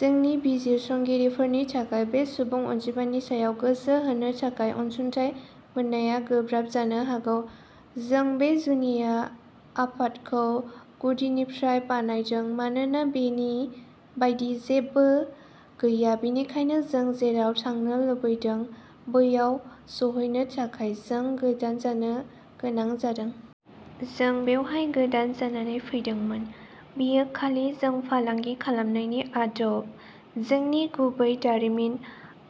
जोंनि बिजिरसंगिरिफोरनि थाखाय बे सुबुं अनजिमानि सायाव गोसो होनो थाखाय अनसुंथाय मोननाया गोब्राब जानो हागौ। जों बे जुनिया आफादखौ गुदिनिफ्राय बानायदों। मानोना बेनि बायदि जेबो गैया, बेनिखायनो जों जेराव थांनो लुबैदों बैयाव सौहैनो थाखाय जों गोदान जानो गोनां जादों। जों बेवहाय गोदान जानानै फैदोंमोन। बेयो खालि जों फालांगि खालामनायनि आदब। जोंनि गुबै "दारिमिन"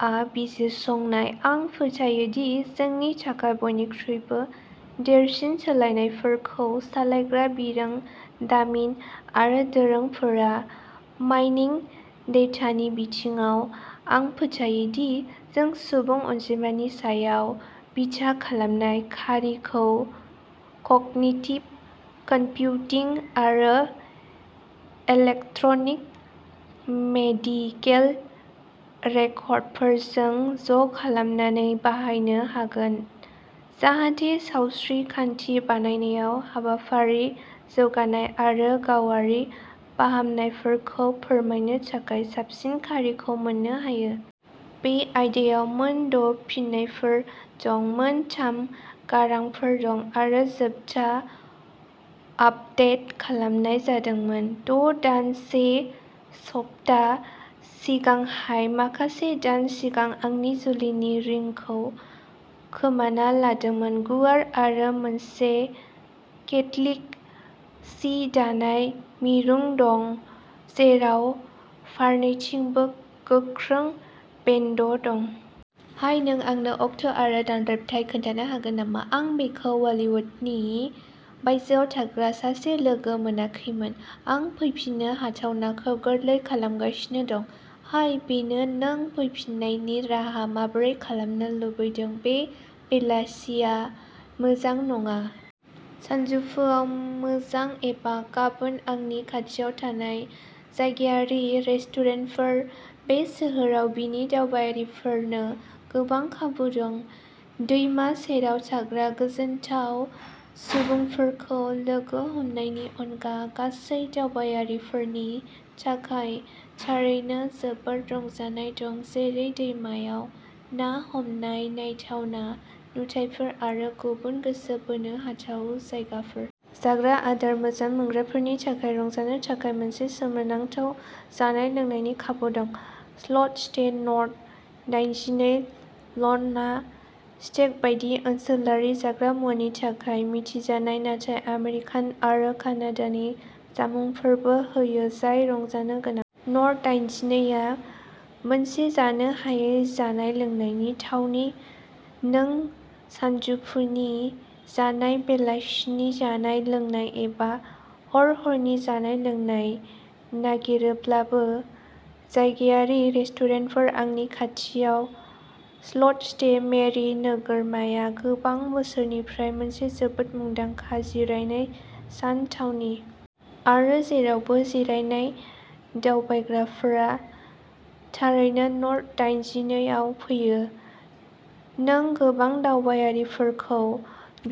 आ बिजिरसंनाय आं फोथायो दि जोंनि थाखाय बयनिख्रुइबो देरसिन सोलायनायफोरखौ सालायग्रा बिरोंदामिन आरो दोरोंफोरा माइनिं डेटानि बिथिङाव। आं फोथायो दि जों सुबुं अनजिमानि सायाव बिथा खालामनाय खारिखौ कगनिटिभ कम्पिउटिं आरो इलेक्ट्रनिक मेडिकेल रेकर्डफोरजों ज'खालामनानै बाहायनो हागोन जाहाथे सावस्रि खान्थि बानायनाय, हाबाफारि जौगानाय आरो गावारि फाहामनायफोरखौ फोरमायनो थाखाय साबसिन खारिखौ मोननो हायो। बे आयदायाव मोन द' फिननायफोर दं, मोन थाम गारांफोर दं, आरो जोबथा आपदेट खालामनाय जादोंमोन द' दान, से सप्ता सिगांहाय माखासे दान सिगां आंनि जुलिनि रिंखौ खोमाना लादोंमोन। गुवार आरो मोनसे केटलिक सि दानाय मिरु दं, जेराव फारनैथिंबो गोख्रों बेन्ड दं। हाय, नों आंनो अक्ट'आरो दानरेब्थाय खोन्थानो हागोन नामा? आं बेखौ वाल्लिहुडनि बायजोआव थाग्रा सासे लोगो मोनाखैमोन। आं फैफिननो हाथावनाखौ गोरलै खालामगासिनो दं। हाय, बेनो नों फैफिन्नायनि राहा माबोरै खालामनो लुबैदों। बे बेलासिया मोजां नङा। सानजौफुआव मोजां एबा गाबोन आंनि खाथियाव थानाय जायगायारि रेस्टुरेन्टफोर बे सोहोराव बिनि दावबायारिफोरनो गोबां खाबु दं, दैमा सेराव थाग्रा गोजोनथाव सुबुंफोरखौ लोगो हमनायनि अनगा गासै दावबायारिफोरनि थाखाय थारैनो जोबोद रंजानाय दं, जेरै दैमायाव ना हमनाय, नायथावना नुथायफोर आरो गुबुन गोसो बोनो हाथाव जायगाफोर। जाग्रा आदार मोजां मोनग्राफोरनि थाखाय रंजानो थाखाय मोनसे सोमोनांथाव जानाय लोंनायनि खाबु दं। Slot stay. नर्थ दाइनजिनै ल'नना। स्टेक बायदि ओनसोलारि जाग्रा मुवानि थाखाय मिथिजानाय, नाथाय आमेरिकान आरो कानाडानि जामुंफोरबो होयो, जाय रंजानो गोनां। नर्थ दाइनजिनै आ मोनसे जानो हायै जानाय-लोंनायनि थावनि, नों सानजौफुनि जानाय, बेलासानि जानाय-लोंनाय एबा हर-हरनि जानाय-लोंनाय नागिरोब्लाबो। जायगायारि रेस्टुरेन्टफोर आंनि खाथियावः सल्ट स्टे. मेरि नोगोरमाया गोबां बोसोरनिफ्राय मोनसे जोबोद मुंदांखा जिरायनाय सान थावनि। आरो जेरावबो जिरायनाय दावबायग्राफोरा थारैनो नर्थ दाइनजिनै आव फैयो। नों गोबां दावबायारिफोरखौ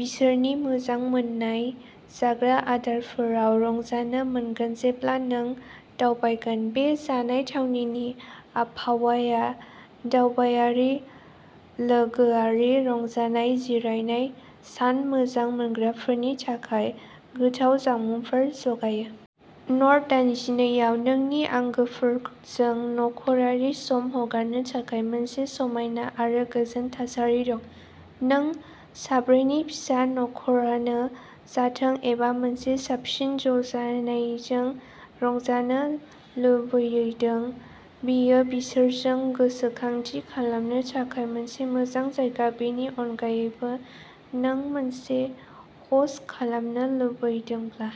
बिसोरनि मोजां मोननाय जाग्रा आदारफोराव रंजानो मोनगोन जेब्ला नों दावबायगोन। बे जानाय थावनिनि आबहावाया दावबायारि लोगोआरि रंजानाय जिरायनाय सान मोजां मोनग्राफोरनि थाखाय गोथाव जामुंफोर जगायो। नर्थ दाइनजिनै आव नोंनि आंगोफोरजों नखरारि सम हगारनो थाखाय मोनसे समायना आरो गोजोन थासारि दं। नों साब्रैनि फिसा नखरानो जाथों एबा मोनसे साबसिन ज'जानायजों रंजानो लुबैदों। बेयो बिसोरजों गोसोखांथि खालामनो थाखाय मोनसे मोजां जायगा । बेनि अनगायैबो नों मोनसे ह'स्ट खालामनो लुबैदोंब्ला।